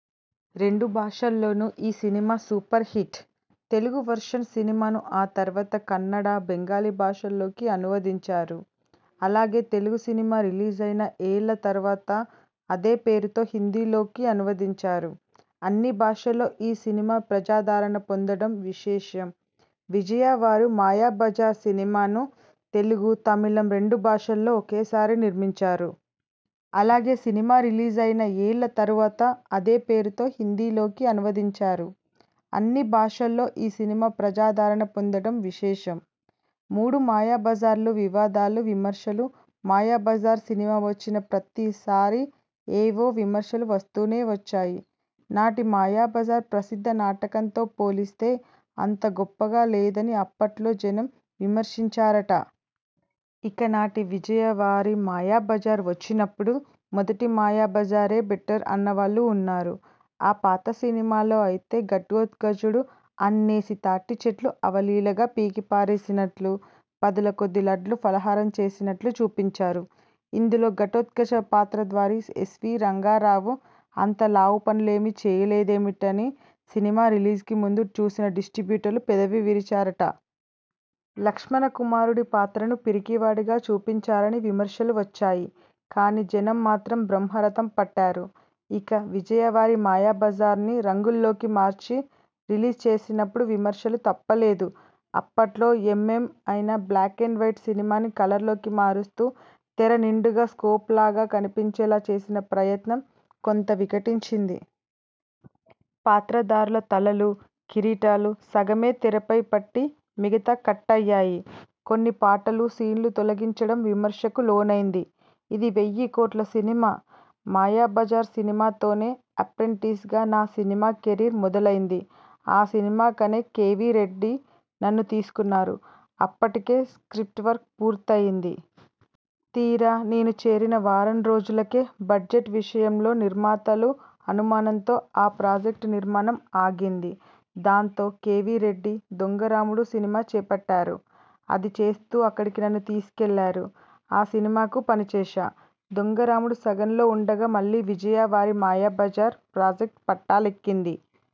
రెండు భాషల్లోనూ ఈ సినిమా సూపర్ హిట్. తెలుగు వెర్షన్ సినిమాను ఆ తరువాత కన్నడ, బెంగాలీ భాషల్లోకి అనువదించారు. అలాగే, తెలుగు సినిమారిలీజైన ఏళ్ళ తరువాత అదే పేరుతో హిందీలోకి అనువదించారు. అన్ని భాషల్లో ఈ సినిమా ప్రజాదరణ పొందడం విశేషం. విజయ వారు మాయాబజార్ సినిమాను తెలుగు, తమిళం రెండు భాషల్లో ఒకేసారి నిర్మించారు. అలాగే, తెలుగు సినిమారిలీజైన ఏళ్ళ తరువాత అదే పేరుతో హిందీలోకి అనువదించారు. అన్ని భాషల్లో ఈ సినిమా ప్రజాదరణ పొందడం విశేషం. మూడు మాయాబజార్లు వివాదాలు విమర్శలు మాయాబజార్ సినిమా వచ్చిన ప్రతిసారీ ఏవో విమర్శలు వస్తూనే వచ్చాయి. నాటి మాయాబజార్ ప్రసిద్ధ నాటకంతో పోలిస్తే అంత గొప్పగా లేదని అప్పట్లో జనం విమర్శించారట. ఇక, నాటి విజయా వారి మాయాబజార్ వచ్చినప్పుడు మొదటి మాయాబజారే బెటర్ అన్నవాళ్ళూ ఉన్నారు. ఆ పాత సినిమాలో అయితే, ఘటోత్కచుడు అన్నేసి తాటి చెట్లు అవలీలగా పీకి పారేసినట్లూ, పదుల కొద్దీ లడ్లు ఫలహారం చేసినట్లూ చూపించారు. ఇందులో ఘటోత్కచ పాత్రధారి ఎస్వీ రంగారావు అంత లావు పనులేమీ చేయలేదేమిటని సినిమా రిలీజుకు ముందు చూసిన డిస్ట్రిబ్యూటర్లు పెదవి విరిచారట. లక్ష్మణ కుమారుడి పాత్రను పిరికివాడిగా చూపించారని విమర్శలు వచ్చాయి. కానీ జనం మాత్రం బ్రహ్మరథం పట్టారు. ఇక, విజయా వారి మాయాబజార్ను రంగుల్లోకి మార్చి, రిలీజ్ చేసినప్పుడూ విమర్శలు తప్పలేదు. అప్పట్లో ఎం. ఎం. అయిన బ్లాక్ అండ్ వైట్ సినిమాను కలర్లోకి మారుస్తూ, తెర నిండుగా స్కోప్ లాగా కనిపించేలా చేసిన ప్రయత్నం కొంత వికటించింది. పాత్రధారుల తలలు, కిరీటాలు సగమే తెరపై పట్టి, మిగతా కట్ అయ్యాయి. కొన్ని పాటలు, సీన్లు తొలగించడం విమర్శకులోనైంది. ఇది వెయ్యికోట్ల సినిమా ''మాయాబజార్ సినిమాతోనే అప్రెంటిస్ గా నా సినిమా కెరీర్ మొదలైంది. ఆ సినిమాకనే కె. వి. రెడ్డి నన్ను తీసుకున్నారు. అప్పటికే స్ర్కిప్ట్ వర్క్ పూర్తయింది. తీరా, నేను చేరిన వారం రోజులకే బడ్జెట్ విషయంలో నిర్మాతల అనుమానంతో ఆ ప్రాజెక్ట్ నిర్మాణం ఆగింది. దాంతో, కె. వి. రెడ్డి 'దొంగరాముడు' సినిమా చేపట్టారు. అది చేస్తూ, అక్కడికి నన్ను తీసుకెళ్ళారు. ఆ సినిమాకు పనిచేశా. దొంగరాముడు సగంలో ఉండగా, మళ్ళీ విజయా వారి మాయాబజార్ ప్రాజెక్ట్ పట్టాలెక్కింది.